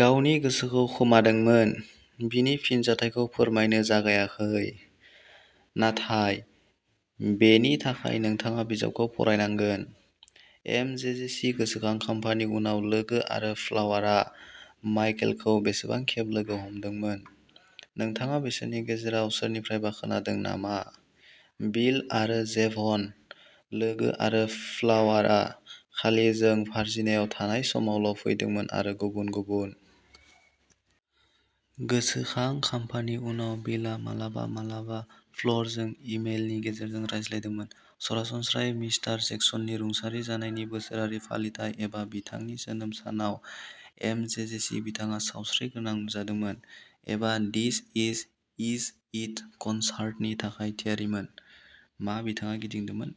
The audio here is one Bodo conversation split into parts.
"गावनि गोसोखौ खोमादोंमोन" बिनि फिनजाथायखौ फोरमायनो जागायाखै, नाथाय बेनि थाखाय नोंथाङा बिजाबखौ फरायनांगोन। एमजेजेसी गोसोखां खाम्फानि उनाव लोगो आरो फ्लावरआ माइकेलखौ बेसेबां खेब लोगो हमदोंमोन? नोंथाङा बिसोरनि गेजेराव सोरनिफ्रायबा खोनादों नामा? बिल आरो जेभन लोगो आरो फ्लावरआ खालि जों भार्जिनायाव थानाय समावल' फैदोंमोन आरो गुबुन गुबुन। गोसोखां खाम्फानि उनाव बिलआ माब्लाबा-माब्लाबा फ्लावरजों इमेलनि गेजेरजों रायज्लायदोंमोन, सरासनस्रायै मिस्टार जेक्सननि रुंसारि जानायनि बोसोरारि फालिथाइ एबा बिथांनि जोनोम सानाव एमजेजेसी बिथाङा सावस्रिगोनां नुजादोंमोन एबा दिस इज इट कनसार्टनि थाखाय थियारिमोन? मा बिथाङा गिदोंमोन?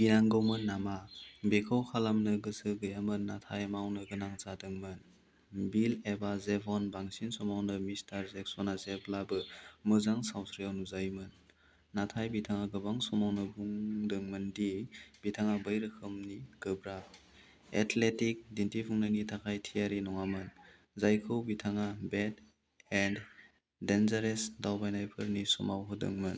गिनांगौमोन नामा? बेखौ खालामनो गोसो गैयामोन नाथाय मावनो गोनां जादोंमोन? बिल आरो जेभन बांसिन समावनो मिस्टार जेक्सनआ जेब्लाबो मोजां सावस्रियाव नुजायोमोन, नाथाय बिथाङा गोबां समावनो बुंदोंमोन दि बिथाङा बै रोखोमनि गोब्राब, एथलेटिक दिन्थिफुंनायनि थाखाय थियारि नङामोन, जायखौ बिथाङा बेड एन्ड डेन्जारास दावबायनायफोरनि समाव होदोंमोन।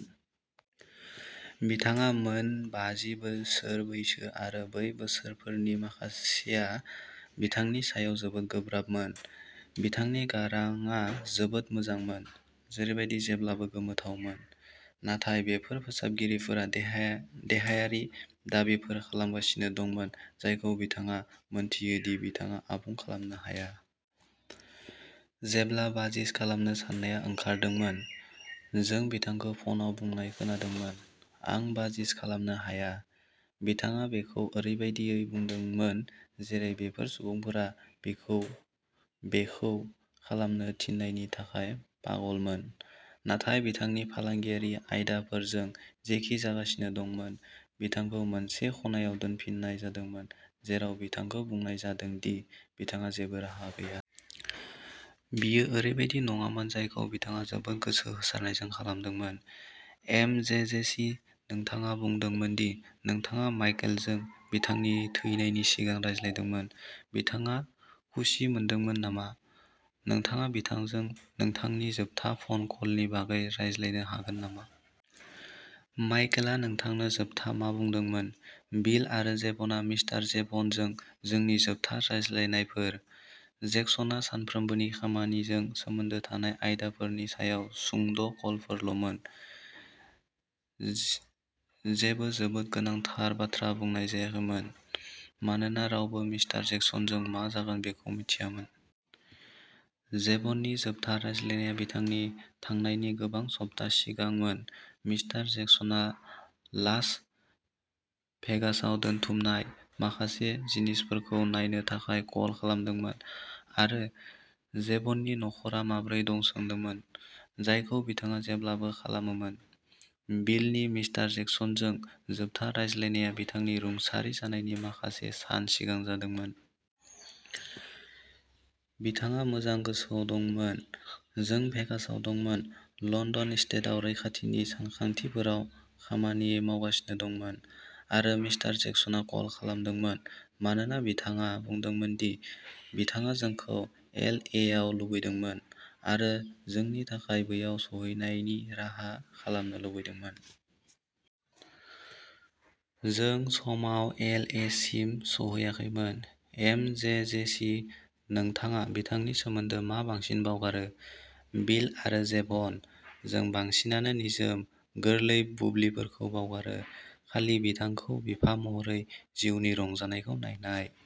बिथाङा मोन बाजि बोसोर बैसो आरो बै बोसोरफोरनि माखासेआ बिथांनि सायाव जोबोद गोब्राबमोन। बिथांनि गारांआ जोबोद मोजांमोन, जेरैबादि जेब्लाबो गोमोथावमोन, नाथाय बेफोर फोसावगिरिफोरा देहायारि दाबिफोर खालामगासिनो दंमोन जायखौ बिथाङा मोनथियोदि बिथाङा आबुं खालामनो हाया। जेब्ला बाजि श' खालामनो साननाया ओंखारदोंमोन, जों बिथांखौ फनआव बुंनाय खोनादोंमोन, "आं बाजि श' खालामनो हाया।" बिथाङा बेखौ ओरैबायदि बुंदोंमोन जेरै बेफोर सुबुंफोरा बिखौ बेखौ खालामनो थिननायनि थाखायबो पागलमोन। नाथाय बिथांनि फालांगियारि आयदाफोरजों जेखि जागासिनो दंमोन, बिथांखौ मोनसे खनायाव दोनफिननाय जादोंमोन जेराव बिथांखौ बुंनाय जादोंमोन दि बिथांहा जेबो राहा गैया। बेयो ओरैबायदि नङामोन जायखौ बिथाङा जोबोद गोसो होसारनायजों खालामदोंमोन। एमजेजेसी नोंथाङा बुंदोंमोन दि नोंथाङा माइकेलजों बिथांनि थैनायनि सिगां रायज्लायदोंमोन। बिथाङा खुसि मोनदोंमोन नामा? नोंथाङा बिथांजों नोंथांनि जोबथा फन कलनि बागै रायज्लायनो हागोन नामा? माइकेलआ नोंथांनो जोबथा मा बुंदोंमोन? बिल आरो जेभन मिस्टार जेभ'नजों जोंनि जोबथा रायज्लायनायफोर। जेक्सनआ सानफ्रोमबोनि खामानिजों सोमोन्दो थानाय आयदाफोरनि सायाव सुंद' कलफोरल'मोन। जेबो जोबोद गोनांथार बाथ्रा बुंनाय जायाखैमोन, मानोना रावबो मिस्टार जेक्सनजों मा जागोन बेखौ मिथियामोन। जेभननि जोबथा रायज्लायनाया बिथांनि थांनायनि गोबां सप्ता सिगांमोन मिस्टार जेक्सनआ लास भेगासआव दोनथुमनाय माखासे जिनिसफोरखौ नायनो थाखाय कल खालामदोंमोन आरो जेभननि नख'रा माबोरै दं सोंदोंमोन, जायखौ बिथाङा जेब्लाबो खालामोमोन। बिलनि मिस्टार जेक्सनजों जोबथा रायज्लायनाया बिथांनि रुंसारि जानायनि माखासे सान सिगां जादोंमोन। बिथाङा मोजां गोसोआव दंमोन। जों भेगासआव दंमोन, लन्दन एस्टेटआव रैखाथिनि सानथांखिफोराव खामानि मावगासिनो दंमोन आरो मिस्टार जेक्सनआ कल खालामदोंमोन मानोना बिथाङा बुंदोंमोन दि बिथाङा जोंखौ एल ए आव लुबैदोंमोन आरो जोंनि थाखाय बैयाव सौहैनायनि राहा खालामनो लुबैदोंमोन। जों समाव एल ए सिम सौहैयाखैमोन। एम जे जे सि नोंथाङा बिथांनि सोमोन्दै मा बांसिन बावगारो? बिल आरो जेभनः जों बांसिनानो निजोम, गोरलै बुब्लिफोरखौ बावगारो, खालि बिथांखौ बिफा महरै जिउनि रंजानायखौ नायनाय ।